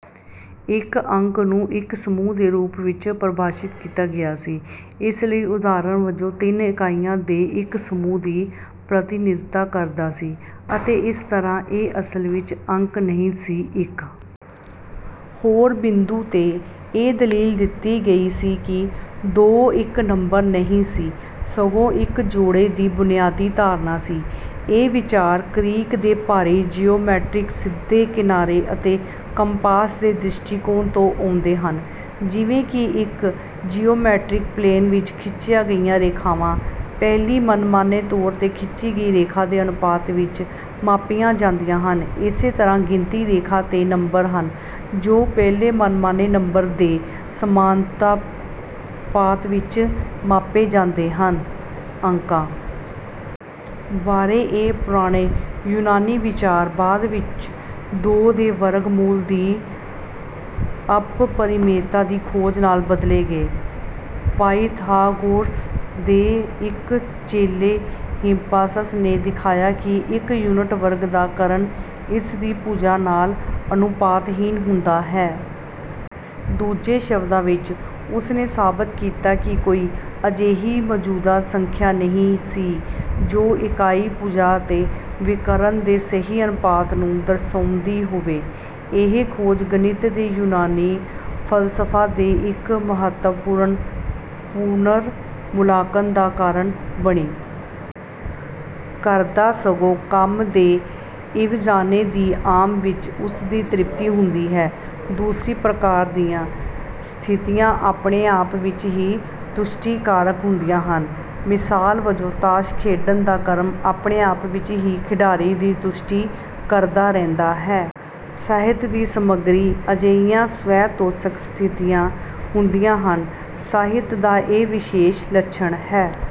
ਇੱਕ ਅੰਕ ਨੂੰ ਇੱਕ 'ਸਮੂਹ' ਦੇ ਰੂਪ ਵਿੱਚ ਪਰਿਭਾਸ਼ਿਤ ਕੀਤਾ ਗਿਆ ਸੀ। ਇਸ ਲਈ, ਉਦਾਹਰਣ ਵਜੋਂ, ਤਿੰਨ ਇਕਾਈਆਂ ਦੇ ਇੱਕ ਸਮੂਹ ਦੀ ਪ੍ਰਤੀਨਿਧਤਾ ਕਰਦਾ ਸੀ, ਅਤੇ ਇਸ ਤਰ੍ਹਾਂ ਇਹ "ਅਸਲ ਵਿੱਚ" ਅੰਕ ਨਹੀਂ ਸੀ। ਇੱਕ ਹੋਰ ਬਿੰਦੂ 'ਤੇ, ਇਹ ਦਲੀਲ ਦਿੱਤੀ ਗਈ ਸੀ ਕਿ ਦੋ ਇੱਕ ਨੰਬਰ ਨਹੀਂ ਸੀ, ਸਗੋਂ ਇੱਕ 'ਜੋੜੇ' ਦੀ ਬੁਨਿਆਦੀ ਧਾਰਨਾ ਸੀ। ਇਹ ਵਿਚਾਰ ਗ੍ਰੀਕ ਦੇ ਭਾਰੀ ਜਿਓਮੈਟ੍ਰਿਕ ਸਿੱਧੇ-ਕਿਨਾਰੇ-ਅਤੇ-ਕੰਪਾਸ ਦੇ ਦ੍ਰਿਸ਼ਟੀਕੋਣ ਤੋਂ ਆਉਂਦੇ ਹਨ: ਜਿਵੇਂ ਕਿ ਇੱਕ ਜਿਓਮੈਟ੍ਰਿਕ ਪਲੇਨ ਵਿੱਚ ਖਿੱਚੀਆਂ ਗਈਆਂ ਰੇਖਾਵਾਂ ਪਹਿਲੀ ਮਨਮਾਨੇ ਤੌਰ 'ਤੇ ਖਿੱਚੀ ਗਈ ਰੇਖਾ ਦੇ ਅਨੁਪਾਤ ਵਿੱਚ ਮਾਪੀਆਂ ਜਾਂਦੀਆਂ ਹਨ, ਇਸੇ ਤਰ੍ਹਾਂ ਗਿਣਤੀ ਰੇਖਾ 'ਤੇ ਨੰਬਰ ਹਨ ਜੋ ਪਹਿਲੇ ਮਨਮਾਨੇ "ਨੰਬਰ" ਦੇ ਸਮਾਨੁਪਾਤ ਵਿੱਚ ਮਾਪੇ ਜਾਂਦੇ ਹਨ। ਅੰਕਾਂ ਬਾਰੇ ਇਹ ਪੁਰਾਣੇ ਯੂਨਾਨੀ ਵਿਚਾਰ ਬਾਅਦ ਵਿੱਚ ਦੋ ਦੇ ਵਰਗ ਮੂਲ ਦੀ ਅਪਰਿਮੇਯਤਾ ਦੀ ਖੋਜ ਨਾਲ ਬਦਲ ਗਏ। ਪਾਇਥਾਗੋਰਾਸ ਦੇ ਇੱਕ ਚੇਲੇ ਹਿਪਾਸਸ ਨੇ ਦਿਖਾਇਆ ਕਿ ਇੱਕ ਯੂਨਿਟ ਵਰਗ ਦਾ ਕਰਨ ਇਸ ਦੀ ਭੁਜਾ ਨਾਲ ਅਨੁਪਾਤਹੀਣ ਹੁੰਦਾ ਹੈ। ਦੂਜੇ ਸ਼ਬਦਾਂ ਵਿੱਚ, ਉਸ ਨੇ ਸਾਬਤ ਕੀਤਾ ਕਿ ਕੋਈ ਅਜਿਹੀ ਮੌਜੂਦਾ ਸੰਖਿਆ ਨਹੀਂ ਸੀ ਜੋ ਇਕਾਈ ਭੁਜਾ ਅਤੇ ਵਿਕਰਣ ਦੇ ਸਹੀ ਅਨੁਪਾਤ ਨੂੰ ਦਰਸਾਉਂਦੀ ਹੋਵੇ। ਇਹ ਖੋਜ ਗਣਿਤ ਦੇ ਯੂਨਾਨੀ ਫ਼ਲਸਫ਼ੇ ਦੇ ਇੱਕ ਮਹੱਤਵਪੂਰਨ ਪੁਨਰ-ਮੁਲਾਂਕਣ ਦਾ ਕਾਰਨ ਬਣੀ। ਕਰਦਾ, ਸਗੋਂ ਕੰਮ ਦੇ ਇਵਜ਼ਾਨੇ ਦੀ ਆਮ ਵਿੱਚ ਉਸ ਦੀ ਤ੍ਰਿਪਤੀ ਹੁੰਦੀ ਹੈ। ਦੂਸਰੀ ਪ੍ਰਕਾਰ ਦੀਆਂ ਸਥਿਤੀਆਂ ਆਪਣੇ ਆਪ ਵਿੱਚ ਹੀ ਤੁਸ਼ਟੀਕਾਰਕ ਹੁੰਦੀਆਂ ਹਨ। ਮਿਸਾਲ ਵਜੋਂ ਤਾਸ਼ ਖੇਡਣ ਦਾ ਕਰਮ ਆਪਣੇ ਆਪ ਵਿੱਚ ਹੀ ਖਿਡਾਰੀ ਦੀ ਤੁਸ਼ਟੀ ਕਰਦਾ ਰਹਿੰਦਾ ਹੈ। ਸਾਹਿਤ ਦੀ ਸਮੱਗਰੀ ਅਜਿਹੀਆਂ ਸਵੈ-ਤੌਸ਼ਕ ਸਥਿਤੀਆਂ ਹੁੰਦੀਆਂ ਹਨ। ਸਾਹਿਤ ਦਾ ਇਹ ਵਿਸ਼ੇਸ਼ ਲੱਛਣ ਹੈ